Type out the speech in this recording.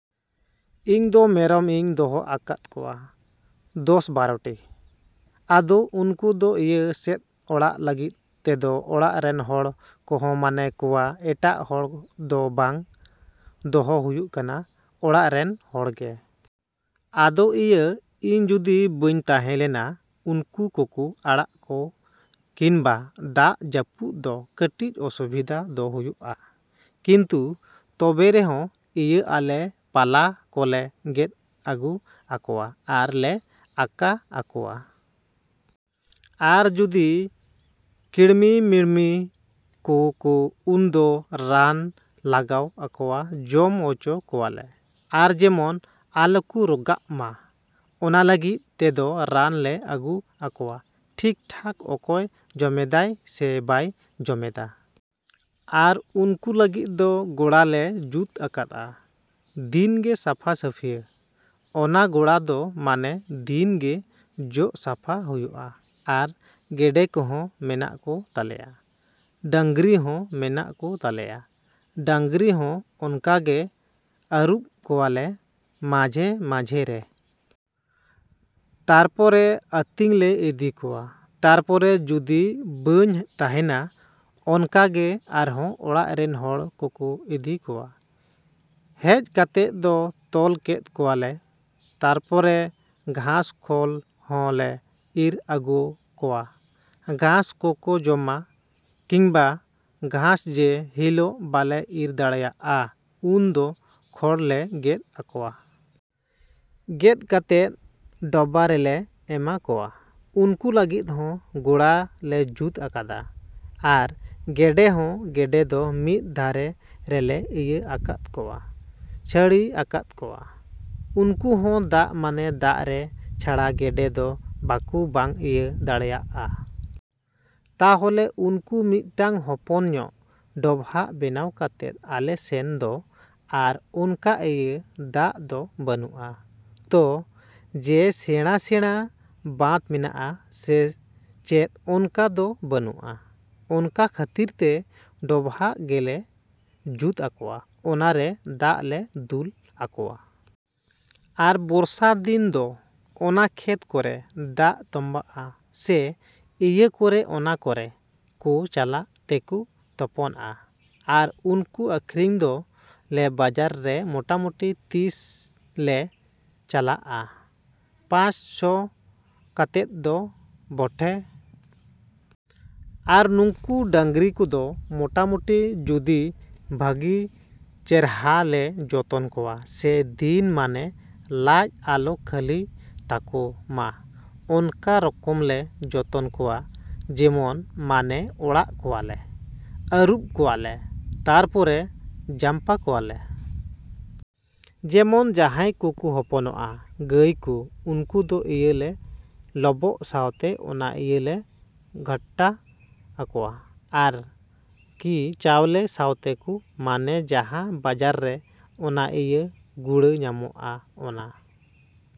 ‎ᱤᱧ ᱫᱚ ᱢᱮᱨᱚᱢ ᱤᱧ ᱫᱚᱦᱚ ᱟᱠᱟᱫ ᱠᱚᱣᱟ ᱫᱚᱥᱼᱵᱟᱨᱚᱴᱤ᱾ ᱟᱫᱚ ᱩᱱᱠᱩ ᱫᱚ ᱤᱭᱟᱹ ᱥᱮᱫ ᱟᱲᱟᱜ ᱞᱟᱹᱜᱤᱫ ᱛᱮᱫᱚ ᱚᱲᱟᱜ ᱨᱮᱱ ᱦᱚᱲ ᱠᱚᱦᱚᱸ ᱢᱟᱱᱮ ᱠᱚᱣᱟ ᱮᱴᱟᱜ ᱦᱚᱲ ᱫᱚ ᱵᱟᱝ, ᱫᱚᱦᱚ ᱦᱩᱭᱩᱜ ᱠᱟᱱᱟ ᱚᱲᱟᱜ ᱨᱮᱱ ᱦᱚᱲ ᱜᱮ᱾ ᱟᱫᱚ ᱤᱭᱟᱹ ᱤᱧ ᱡᱩᱫᱤ ᱵᱟᱹᱧ ᱛᱟᱦᱮᱸ ᱞᱮᱱᱟ ᱩᱱᱠᱩ ᱠᱚᱠᱚ ᱟᱲᱟᱜ ᱠᱚᱣᱟ ᱠᱤᱱᱵᱟ ᱫᱟᱜ ᱡᱟᱹᱯᱩᱫ ᱫᱚ ᱠᱟᱹᱴᱤᱡ ᱚᱥᱩᱵᱤᱫᱷᱟ ᱫᱚ ᱦᱩᱭᱩᱜᱼᱟ᱾ ᱠᱤᱱᱛᱩ ᱛᱚᱵᱮ ᱨᱮᱦᱚᱸ ᱤᱭᱟᱹ ᱟᱞᱮ ᱯᱟᱞᱟ ᱠᱚᱞᱮ ᱜᱮᱫ ᱟᱹᱜᱩ ᱟᱠᱚᱣᱟ ᱟᱨ ᱞᱮ ᱟᱠᱟ ᱟᱠᱚᱣᱟ᱾ ᱟᱨ ᱡᱩᱫᱤ ᱠᱤᱲᱢᱤᱼᱢᱤᱲᱢᱤ ᱠᱚᱣᱟ ᱠᱚ ᱩᱱ ᱫᱚ ᱨᱟᱱ ᱞᱟᱜᱟᱣ ᱟᱠᱚᱣᱟ ᱡᱚᱢ ᱦᱚᱪᱚ ᱠᱚᱣᱟ ᱞᱮ᱾ ᱟᱨ ᱡᱮᱢᱚᱱ ᱟᱞᱚᱠᱚ ᱨᱚᱜᱟᱜ ᱢᱟ ᱚᱱᱟ ᱞᱟᱹᱜᱤᱫ ᱛᱮᱫᱚ ᱨᱟᱱ ᱞᱮ ᱟᱹᱜᱩ ᱟᱠᱚᱣᱟ ᱴᱷᱤᱠ ᱴᱷᱟᱠ ᱚᱠᱚᱭ ᱡᱚᱢᱮᱫᱟᱭ ᱥᱮ ᱵᱟᱭ ᱡᱚᱢᱮᱫᱟ᱾ ᱟᱨ ᱩᱱᱠᱩ ᱞᱟᱹᱜᱤᱫ ᱫᱚ ᱜᱚᱲᱟ ᱞᱮ ᱡᱩᱫ ᱟᱠᱟᱫᱼᱟ, ᱫᱤᱱ ᱜᱮ ᱥᱟᱯᱷᱟᱼᱥᱟᱯᱷᱤᱭᱟ᱾ ᱚᱱᱟ ᱜᱚᱲᱟ ᱫᱚ ᱢᱟᱱᱮ ᱫᱤᱱ ᱜᱮ ᱡᱚᱜ ᱥᱟᱯᱷᱟ ᱦᱩᱭᱩᱜᱼᱟ᱾ ᱟᱨ ᱜᱮᱰᱮ ᱠᱚᱦᱚᱸ ᱢᱮᱱᱟᱜ ᱠᱚ ᱛᱟᱞᱮᱭᱟ, ᱰᱟᱝᱨᱤ ᱦᱚᱸ ᱢᱮᱱᱟᱜ ᱠᱚ ᱛᱟᱞᱮᱭᱟ᱾ ᱰᱟᱝᱨᱤ ᱦᱚᱸ ᱚᱱᱠᱟ ᱜᱮ ᱟᱹᱨᱩᱵ ᱠᱚᱣᱟ ᱞᱮ ᱢᱟᱡᱷᱮᱼᱢᱟᱡᱷᱮ ᱨᱮ᱾ ᱛᱟᱨᱯᱚᱨᱮ ᱟᱛᱤᱧ ᱞᱮ ᱤᱫᱤ ᱠᱚᱣᱟ᱾ ᱛᱟᱨᱯᱚᱨᱮ ᱡᱩᱫᱤ ᱵᱟᱹᱧ ᱛᱟᱦᱮᱱᱟ ᱚᱱᱠᱟ ᱜᱮ ᱟᱨᱦᱚᱸ ᱚᱲᱟᱜ ᱨᱤᱱ ᱦᱚᱲ ᱠᱚᱠᱚ ᱤᱫᱤ ᱠᱚᱣᱟ᱾ ᱦᱮᱡ ᱠᱟᱛᱮᱫ ᱫᱚ ᱛᱚᱞ ᱠᱮᱫ ᱠᱚᱣᱟ ᱞᱮ᱾ ᱛᱟᱨᱯᱚᱨᱮ ᱜᱷᱟᱸᱥ ᱠᱷᱚᱞ ᱦᱚᱸ ᱞᱮ ᱤᱨ ᱟᱹᱜᱩᱣᱟ ᱠᱚᱣᱟ, ᱜᱷᱟᱸᱥ ᱠᱚᱠᱚ ᱡᱚᱢᱟ ᱠᱤᱱᱵᱟ ᱜᱷᱟᱸᱥ ᱡᱮ ᱦᱤᱞᱚᱜ ᱵᱟᱞᱮ ᱤᱨ ᱫᱟᱲᱮᱭᱟᱜᱼᱟ ᱩᱱ ᱫᱚ ᱠᱷᱚᱲ ᱞᱮ ᱜᱮᱫ ᱟᱠᱚᱣᱟ᱾ ᱜᱮᱫ ᱠᱟᱛᱮᱫ ᱰᱟᱵᱟ ᱨᱮᱞᱮ ᱮᱢᱟ ᱠᱚᱣᱟ᱾ ᱩᱱᱠᱩ ᱞᱟᱹᱜᱤᱫ ᱦᱚᱸ ᱜᱚᱲᱟ ᱞᱮ ᱡᱩᱫ ᱟᱠᱟᱫᱟ᱾ ᱟᱨ ᱜᱮᱰᱮ ᱦᱚᱸ, ᱜᱮᱰᱮ ᱫᱚ ᱢᱤᱫ ᱫᱷᱟᱨᱮ ᱨᱮᱞᱮ ᱤᱭᱟᱹ ᱟᱠᱟᱫ ᱠᱚᱣᱟ, ᱪᱟᱹᱲᱤ ᱟᱠᱟᱫ ᱠᱚᱣᱟ᱾ ᱩᱱᱠᱩ ᱦᱚᱸ ᱫᱟᱜ ᱢᱟᱱᱮ ᱫᱟᱜ ᱨᱮ ᱪᱷᱟᱲᱟ ᱜᱮᱰᱮ ᱫᱚ ᱵᱟᱠᱚ ᱵᱟᱝ ᱤᱭᱟᱹ ᱫᱟᱲᱮᱭᱟᱜᱼᱟ᱾ ᱛᱟᱦᱚᱞᱮ ᱩᱱᱠᱩ ᱢᱤᱫᱴᱟᱝ ᱦᱚᱯᱚᱱ ᱧᱚᱜ ᱰᱚᱵᱷᱟᱜ ᱵᱮᱱᱟᱣ ᱠᱟᱛᱮᱫ ᱟᱞᱮ ᱥᱮᱱ ᱫᱚ ᱟᱨ ᱚᱱᱠᱟ ᱤᱭᱟᱹ ᱫᱟᱜ ᱫᱚ ᱵᱟᱹᱱᱩᱜᱼᱟ ᱛᱚ ᱡᱮ ᱥᱮᱬᱟᱼᱥᱮᱬᱟ ᱵᱟᱸᱫᱽ ᱢᱮᱱᱟᱜᱼᱟ ᱥᱮ ᱪᱮᱫ ᱚᱱᱠᱟ ᱫᱚ ᱵᱟᱹᱱᱩᱜᱼᱟ᱾ ᱚᱱᱟ ᱠᱷᱟᱹᱛᱤᱨ ᱛᱮ ᱰᱚᱵᱷᱟᱜ ᱜᱮ ᱞᱮ ᱡᱩᱫ ᱟᱠᱚᱣᱟ, ᱚᱱᱟ ᱨᱮ ᱫᱟᱜ ᱞᱮ ᱫᱩᱞ ᱟᱠᱚᱣᱟ᱾ ᱟᱨ ᱵᱚᱨᱥᱟ ᱫᱤᱱ ᱫᱚ ᱚᱱᱟ ᱠᱷᱮᱛ ᱠᱚᱨᱮ ᱫᱟᱜ ᱛᱚᱢᱵᱟᱜᱼᱟ ᱥᱮ ᱤᱭᱟᱹ ᱠᱚᱨᱮ ᱚᱱᱟ ᱠᱚᱨᱮ ᱠᱚ ᱪᱟᱞᱟᱜ ᱛᱮᱠᱚ ᱛᱚᱯᱳᱱᱼᱟ᱾ ᱟᱨ ᱩᱱᱠᱩ ᱟᱠᱷᱨᱤᱧ ᱠᱚ ᱞᱮ ᱵᱟᱡᱟᱨ ᱨᱮ ᱢᱚᱴᱟᱼᱢᱚᱴᱤ ᱛᱤᱥ ᱞᱮ ᱪᱟᱞᱟᱜᱼᱟ ᱯᱟᱪ ᱥᱚ ᱠᱟᱛᱮᱫ ᱫᱚ ᱵᱚᱴᱷᱮ᱾ ᱟᱨ ᱱᱩᱠᱩ ᱰᱟᱝᱨᱤ ᱠᱚᱫᱚ ᱢᱚᱴᱟᱼᱢᱚᱴᱤ ᱡᱩᱫᱤ ᱵᱟᱜᱤ ᱪᱮᱨᱦᱟ ᱞᱮ ᱡᱚᱛᱚᱱ ᱠᱚᱣᱟ ᱥᱮ ᱫᱤᱱ ᱢᱟᱱᱮ ᱞᱟᱡ ᱟᱞᱚ ᱠᱷᱟᱹᱞᱤ ᱛᱟᱠᱚ ᱢᱟ ᱚᱱᱠᱟ ᱨᱚᱠᱚᱢ ᱞᱮ ᱡᱚᱛᱚᱱ ᱠᱚᱣᱟ ᱡᱮᱢᱚᱱ ᱢᱟᱱᱮ ᱟᱲᱟᱜ ᱠᱚᱣᱟ ᱞᱮ, ᱟᱹᱨᱩᱵ ᱠᱚᱣᱟ ᱞᱮ, ᱛᱟᱨᱯᱚᱨᱮ ᱡᱟᱢᱯᱟ ᱠᱚᱣᱟ ᱞᱮ᱾ ᱡᱮᱢᱚᱱ ᱡᱟᱦᱟᱭ ᱠᱚᱠᱚ ᱦᱚᱯᱚᱱᱚᱜᱼᱟ ᱜᱟᱭ ᱠᱚ ᱩᱱᱠᱩ ᱫᱚ ᱤᱭᱟᱹ ᱞᱮ ᱞᱚᱵᱚᱜ ᱥᱟᱶᱛᱮ ᱚᱱᱟ ᱤᱭᱟᱹ ᱞᱮ ᱜᱷᱟᱴᱟ ᱟᱠᱚᱣᱟ ᱟᱨ ᱠᱤ᱾ ᱪᱟᱣᱞᱮ ᱥᱟᱶᱛᱮ ᱠᱚ ᱢᱟᱱᱮ ᱡᱟᱦᱟᱸ ᱵᱟᱡᱟᱨ ᱨᱮ ᱚᱱᱟ ᱤᱭᱟᱹ ᱜᱩᱲᱟ. ᱧᱟᱢᱚᱜ ᱟ ᱚᱱᱟ ᱾